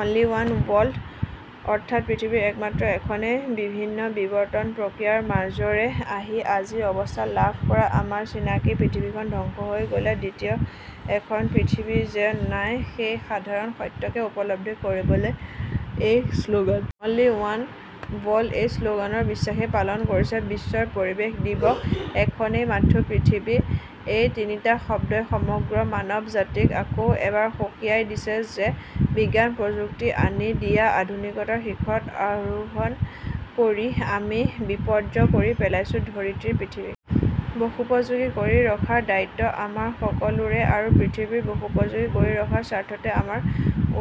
Only one world অৰ্থাৎ পৃথিৱীৰ মাত্ৰ এখনেই। বিভিন্ন বিবৰ্তন প্ৰক্ৰিয়াৰ মাজৰে আহি আজিৰ অৱস্থা লাভ কৰা আমাৰ চিনাকি পৃথিৱীখন ধ্বংস হৈ গ'লে দ্বিতীয় এখন পৃথিৱী যে নাই, সেই সাধাৰণ সত্যকে উপলব্ধি কৰিবলৈয়ে এই শ্লগান। অনলি ৱান ৱৰ্ল্ড এই শ্লগানেৰে বিশ্বই পালন কৰিছে বৰ্ষৰ পৰিৱেশ দিৱস। এখনেই মাথো পৃথিৱী- এই তিনিটা শব্দই সমগ্ৰ মানৱ সমাজক আকৌ এবাৰ সকীয়াই দিছে যে বিজ্ঞান প্ৰযুক্তিয়ে আনি দিয়া আধুনিকতাৰ শিখৰত আৰোহণ কৰি আমি বিপৰ্যস্ত কৰি পেলাইছোঁ ধৰিত্ৰী। পৃথিৱীক বাসোপযোগী কৰি ৰখাৰ দায়িত্ব আমাৰ সকলোৰে আৰু পৃথিৱীক বাসোপযোগী কৰি ৰখাৰ স্বাৰ্থতে আমাৰ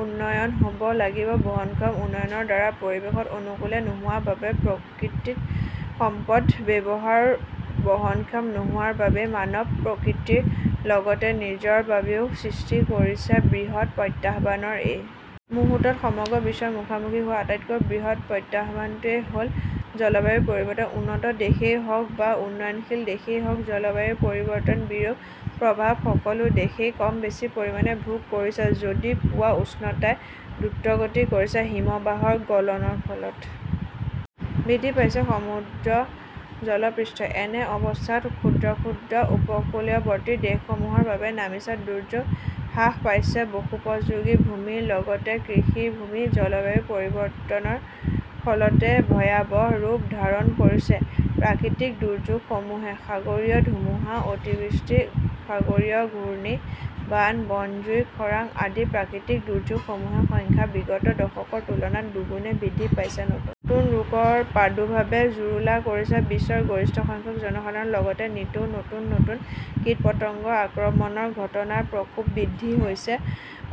উন্নয়ন হ'ব লাগিব। বহনক্ষম উন্নয়নৰ দ্বাৰা পৰিৱেশ অনুকূলে নোহোৱাৰ বাবে, প্ৰাকৃতিক সম্পদৰ ব্যৱহাৰ বহনক্ষম নোহোৱাৰ বাবেই মানৱে প্ৰকৃতিৰ লগতে নিজৰ বাবেও সৃষ্টি কৰিছে বৃহৎ প্ৰত্যাহ্বানৰ। এই মুহূৰ্তত সমগ্ৰ বিশ্বই মুখামুখি হোৱা আটাইতকৈ বৃহৎ প্ৰত্যাহ্বানটোৱেই হল জলবায়ু পৰিৱৰ্তন। উন্নত দেশেই হওক বা উন্নয়নশীল দেশেই হওক জলবায়ু পৰিৱৰ্তনৰ বিৰূপ প্ৰভাৱ সকলো দেশেই কম বেছি পৰিমাণে ভোগ কৰিছে। বৃদ্ধি পোৱা উষ্ণতাই দ্ৰুততৰ কৰিছে হিমবাহৰ গলন। ফলত বৃদ্ধি পাইছে সমুদ্ৰৰ জলপৃষ্ঠ। এনে অৱস্থাত ক্ষুদ্ৰ ক্ষুদ্ৰ উপকূলৱৰ্তী দেশসমূহৰ বাবে নামিছে দুৰ্যোগ। হ্ৰাস পাইছে বাসোপযোগী ভূমিৰ লগতে কৃষি ভূমি। জলবায়ু পৰিৱৰ্তনৰ ফলতে ভয়াৱহ ৰূপ ধাৰণ কৰিছে প্ৰাকৃতিক দুৰ্যোগসমূহে। সাগৰীয় ধুমুহা, অতিবৃষ্টি, সাগৰীয় ঘূৰ্ণী, বান, বনজুই, খৰাং আদি প্ৰাকৃতিক দুৰ্যোগসমূহৰ সংখ্যা বিগত দশকৰ তুলনাত দুগুণ বৃদ্ধি পাইছে। নতুন নতুন ৰোগৰ প্ৰাদূৰ্ভাৱে জুৰুলা কৰিছে বিশ্বৰ গৰিষ্ঠসংখ্যক জনগণক। লগতে নিতৌ নতুন নতুন কীটপতঙ্গৰ আক্ৰমণৰ ঘটনাৰ প্ৰকোপ বৃদ্ধি হৈছে।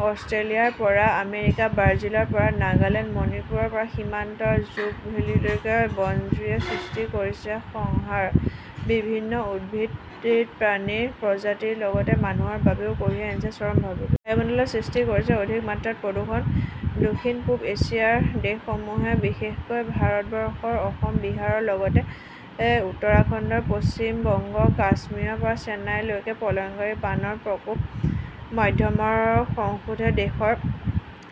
অষ্ট্ৰেলিয়াৰ পৰা আমেৰিকা, ব্ৰাজিলৰ পৰা নাগালেণ্ড মণিপুৰ সীমান্তৰ জুকভেলীলৈকে বনজুয়ে সৃষ্টি কৰিছে সংহাৰ। বিভিন্ন উদ্ভিদপ্ৰাণীৰ প্ৰজাতিৰ লগতে মানুহৰ বাবেও কঢ়িয়াইছে চৰম ভাবুকি। বায়ুমণ্ডলত সৃষ্টি কৰিছে অধিক মাত্ৰাত প্ৰদূষণ। দক্ষিণ পূব এছিয়াৰ দেশসমূহে বিশেষকৈ ভাৰতবৰ্ষৰ অসম, বিহাৰৰ লগতে উত্তৰাখণ্ড, পশ্চিম বংগ, কাশ্মীৰৰ পৰা চেন্নাইলৈকে প্ৰলয়ংকাৰী বানৰ প্ৰকোপে মাধমাৰ শোধাইছে দেশৰ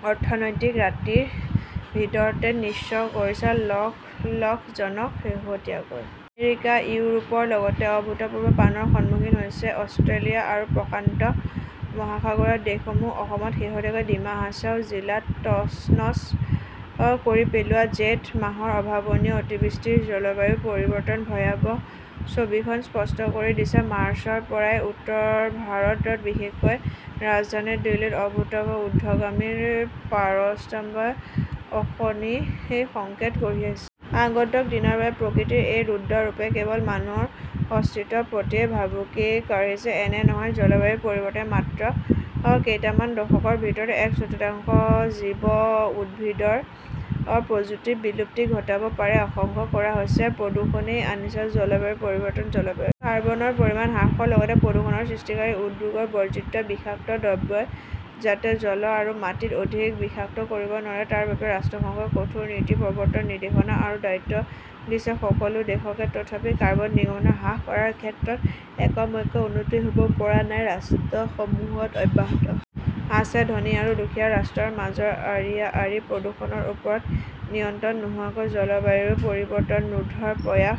অৰ্থনীতিক। ৰাতিটোৰ ভিতৰতে নি:স্ব কৰিছে লক্ষ লক্ষ জনক। শেহতীয়াকৈ আমেৰিকা, ইউৰোপৰ লগতে অভূতপূৰ্ব বানৰ সন্মুখীন হৈছে অষ্ট্ৰেলিয়া আৰু প্ৰশান্ত মহাসাগৰীয় দেশসমূহ। অসমত শেহতীয়াকৈ ডিমা হাছাও জিলাত তচনচ কৰি পেলোৱা জেঠ মাহৰ অভাৱনীয় অতিবৃষ্টিয়ে জলবায়ু পৰিৱৰ্তনৰ ভয়াৱহ ছবিখন স্পষ্ট কৰি দিছে। মাৰ্চ মাহৰ পৰাই উত্তৰ ভাৰত বিশেষকৈ ৰাজধানী দিল্লীত অভূতপূৰ্ব উৰ্দ্ধগামী পাৰাস্তম্ভই অশনি সংকেত কঢ়িয়াইছে। অনাগত দিনৰ বাবে প্ৰকৃতিৰ এই ৰুদ্ৰ ৰূপে কেৱল মানুহৰ অস্তিত্বৰ প্ৰতিয়েই ভাবুকি কঢ়িয়াইছে এনে নহয়, জলবায়ু পৰিৱৰ্তনে মাত্ৰ কেইটামান দশকৰ ভিতৰতে এক চতুৰ্থাংশ জীৱ, উদ্ভিদৰ প্ৰজাতিৰ বিলুপ্তি ঘটাব বুলি আশংকা কৰা হৈছে। প্ৰদূষণেই আনিছে জলবায়ুৰ পৰিৱৰ্তন। বায়ুমণ্ডলত কাৰ্বনৰ পৰিমাণ হ্ৰাসৰ লগতে প্ৰদূষণ সৃষ্টিকাৰী উদ্যোগৰ বৰ্জিত বিষাক্ত দ্ৰব্যই যাতে জল আৰু মাটি আৰু অধিক বিষাক্ত কৰিব নোৱাৰে তাৰ বাবে ৰাষ্ট্ৰসংঘই কঠোৰ নীতি প্ৰবৰ্তনৰ নিৰ্দেশনা আৰু দায়িত্ব দিছে সকলো দেশকে। তথাপি কাৰ্বন নিগৰ্মন হ্ৰাস কৰাৰ ক্ষেত্ৰত ঐক্যমতত উপনীত হ'ব পৰা নাই ৰাষ্ট্ৰসমূহ। অব্যাহত আছে ধনী আৰু দুখীয়া ৰাষ্ট্ৰৰ মাজৰ অঁৰিয়া অঁৰি। প্ৰদূষণৰ ওপৰত নিয়ন্ত্ৰণ নোহোৱাকৈ জলবায়ু পৰিৱৰ্তন ৰোধৰ প্ৰয়াস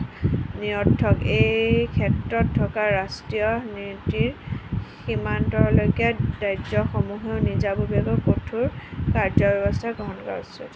নিৰৰ্থক। এই ক্ষেত্ৰত থকা ৰাষ্ট্ৰীয় নীতিৰ সমান্তৰালকৈ ৰাজ্যসমূহেও নিজাববীয়াকৈ কঠোৰ কাৰ্যব্যৱস্থা গ্ৰহণ কৰা উচিত।